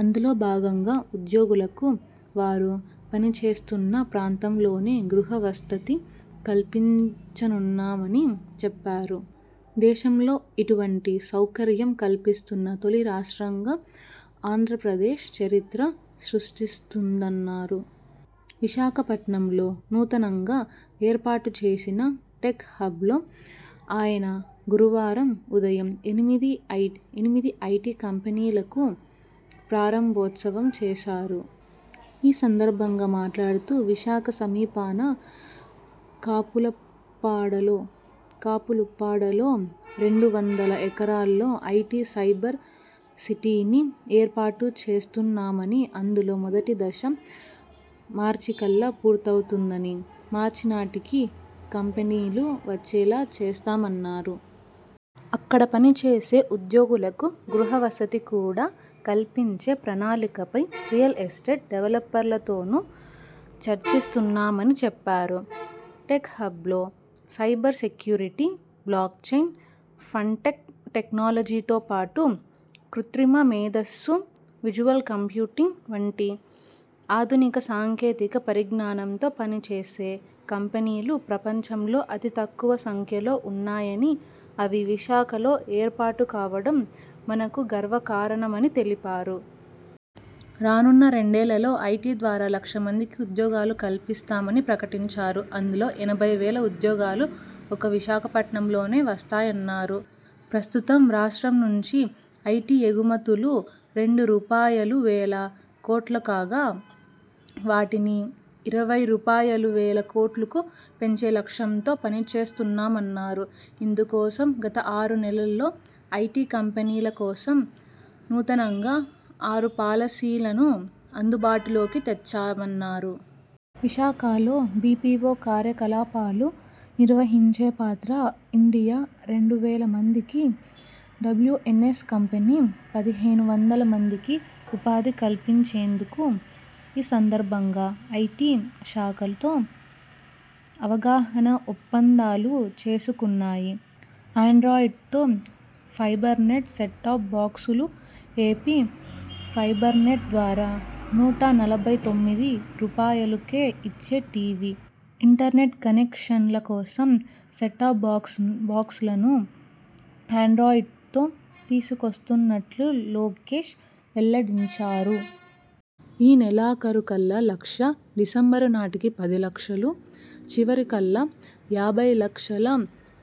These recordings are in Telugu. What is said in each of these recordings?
అందులో భాగంగా ఉద్యోగులకు వారు పనిచేస్తున్న ప్రాంతంలోనే గృహ వస్తతి కల్పించనున్నామని చెప్పారు. దేశంలో ఇటువంటి సౌకర్యం కల్పిస్తున్న తొలి రాష్ట్రంగా ఆంధ్రప్రదేశ్ చరిత్ర సృష్టిస్తుందన్నారు. విశాఖపట్నంలో నూతనంగా ఏర్పాటుచేసిన టెక్ హబ్లో ఆయన గురువారం ఉదయం ఎనిమిది ఐ ఎనిమిది ఐటీ కంపెనీలకు ప్రారంభోత్సవం చేశారు. ఈ సందర్భంగా మాట్లాడుతూ విశాఖ సమీపాన కాపులపాడలో కాపులుప్పాడలో రెండు వందల ఎకరాల్లో ఐటీ సైబర్ సిటీని ఏర్పాటుచేస్తున్నామని, అందులో మొదటి దశ మార్చికల్లా పూర్తవుతుందని, మార్చినాటికి కంపెనీలు వచ్చేలా చేస్తామన్నారు. అక్కడ పనిచేసే ఉద్యోగులకు గృహ వసతి కూడా కల్పించే ప్రణాళికపై రియల్ ఎస్టేట్ డెవలపర్లతోనూ చర్చిస్తున్నామని చెప్పారు. టెక్ హబ్లో cyber security, blockchain, fintech టెక్నాలజీతో పాటు కృత్రిమ మేధస్సు, విజువల్ కంప్యూటింగ్ వంటి ఆధునిక సాంకేతిక పరిజ్ఞానంతో పనిచేసే కంపెనీలు ప్రపంచంలో అతి తక్కువ సంఖ్యలో ఉన్నాయని, అవి విశాఖలో ఏర్పాటుకావడం మనకు గర్వకారణమని తెలిపారు. రానున్న రెండేళ్లలో ఐటీ ద్వారా లక్ష మందికి ఉద్యోగాలు కల్పిస్తామని ప్రకటించారు. అందులో ఎనభై వేల ఉద్యోగాలు ఒక్క విశాఖపట్నంలోనే వస్తాయన్నారు. ప్రస్తుతం రాష్ట్రం నుంచి ఐటీ ఎగుమతులు రెండు రూపాయలువేల కోట్లు కాగా వాటిని ఇరవై రూపాయలువేల కోట్లకు పెంచే లక్ష్యంతో పనిచేస్తున్నామన్నారు. ఇందుకోసం గత ఆరు నెలల్లో ఐటీ కంపెనీల కోసం నూతనంగా ఆరు పాలసీలను అందుబాటులోకి తెచ్చామన్నారు. విశాఖలో బీపీవో కార్యకలాపాలు నిర్వహించే పాత్ర 'ఇండియా' రెండు వేల మందికి, డబ్ల్యుఎన్ఎ్స కంపెనీ పదిహేను వందల మందికి ఉపాధి కల్పించేందుకు ఈ సందర్భంగా ఐటీ శాఖలతో అవగాహన ఒప్పందాలు చేసుకున్నాయి. ఆండ్రాయిడ్తో ఫైబర్నెట్ సెట్టాప్ బాక్సులుఏపీ ఫైబర్ నెట్ ద్వారా నూట నలభై తొమ్మిది రూపాయలుకే ఇచ్చే టీవీ, ఇంటర్నెట్ కనెక్షన్ల కోసం సెట్టాఫ్ బాక్స్ బాక్సులను ఆండ్రాయిడ్తో తీసుకొస్తున్నట్లు లోకేశ్ వెల్లడించారు. ఈ నెలాఖరుకల్లా లక్ష, డిసెంబరు నాటికి పది లక్షలు, చివరికల్లా యాభై లక్షల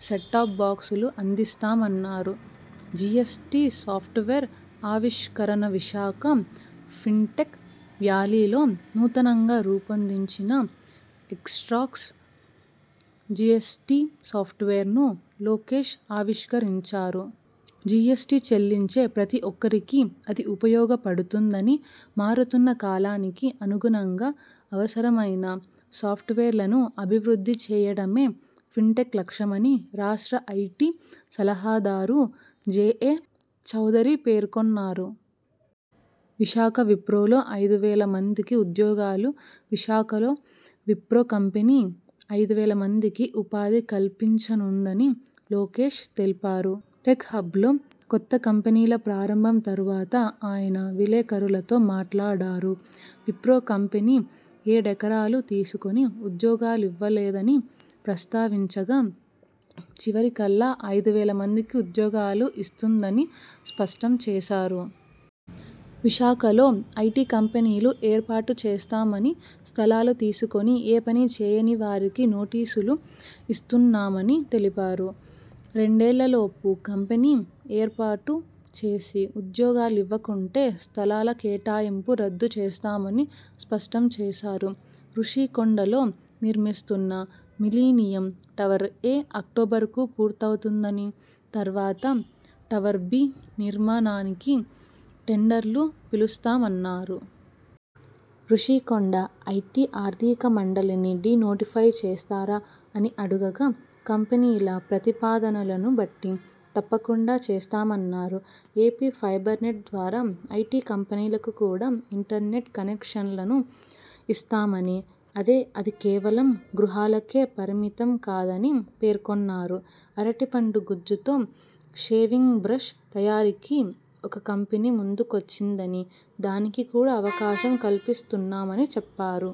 సెట్టాప్ బాక్సులు అందిస్తామన్నారు. జీఎస్టీ సాఫ్ట్వేర్ ఆవిష్కరణవిశాఖ ఫిన్టెక్ వ్యాలీలో నూతనంగా రూపొందించిన 'ఎక్స్టాక్స్ జీఎ్సటీ సాప్ట్వేర్'ను లోకేశ్ ఆవిష్కరించారు. జీఎ్సటీ చెల్లించే ప్రతి ఒక్కరికీ అది ఉపయోగపడుతుందని, మారుతున్న కాలానికి అనుగుణంగా అవసరమైన సాఫ్ట్వేర్లను అభివృద్ధి చేయడమే ఫిన్టెక్ లక్ష్యమని రాష్ట్ర ఐటీ సలహాదారు జేఏ చౌదరి పేర్కొన్నారు. విశాఖ విప్రోలో ఐదు వేల మందికి ఉద్యోగాలువిశాఖలో విప్రో కంపెనీ ఐదు వేల మందికి ఉపాధి కల్పించనుందని లోకేశ్ తెలిపారు. టెక్ హబ్లో కొత్త కంపెనీల ప్రారంభం తరువాత ఆయన విలేకరులతో మాట్లాడారు. విప్రో కంపెనీ ఏడెకరాలు తీసుకుని ఉద్యోగాలివ్వలేదని ప్రస్తావించగా.. చివరికల్లా ఐదు వేల మందికి ఉద్యోగాలు ఇస్తుందని స్పష్టంచేశారు. విశాఖలో ఐటీ కంపెనీలు ఏర్పాటు చేస్తామని స్థలాలు తీసుకుని.. ఏ పనీ చేయనివారికి నోటీసులు ఇస్తున్నామని తెలిపారు. రెండేళ్ల లోపు కంపెనీ ఏర్పాటు చేసి, ఉద్యోగాలివ్వకుంటే స్థలాల కేటాయింపు రద్దు చేస్తామని స్పష్టంచేశారు. రుషికొండలో నిర్మిస్తున్న మిలీనియం టవర్-ఏ అక్టోబరుకు పూర్తవుతుందని, తర్వాత టవర్-బీ నిర్మాణానికి టెండర్లు పిలుస్తామన్నారు. రుషికొండ ఐటీ ఆర్థిక మండలిని డీ నోటిఫై చేస్తారా అని అడుగగా.. కంపెనీల ప్రతిపాదనలను బట్టి తప్పకుండా చేస్తామన్నారు. ఏపీ ఫైబర్ నెట్ ద్వారా ఐటీ కంపెనీలకు కూడా ఇంటర్నెట్ కనెక్షన్లను ఇస్తామని, అదే అది కేవలం గృహాలకే పరిమితం కాదని పేర్కొన్నారు. అరటి పండు గుజ్జుతో షేవింగ్ బ్రష్ తయారీకి ఒక కంపెనీ ముందుకొచ్చిందని, దానికి కూడా అవకాశం కల్పిస్తున్నామని చెప్పారు.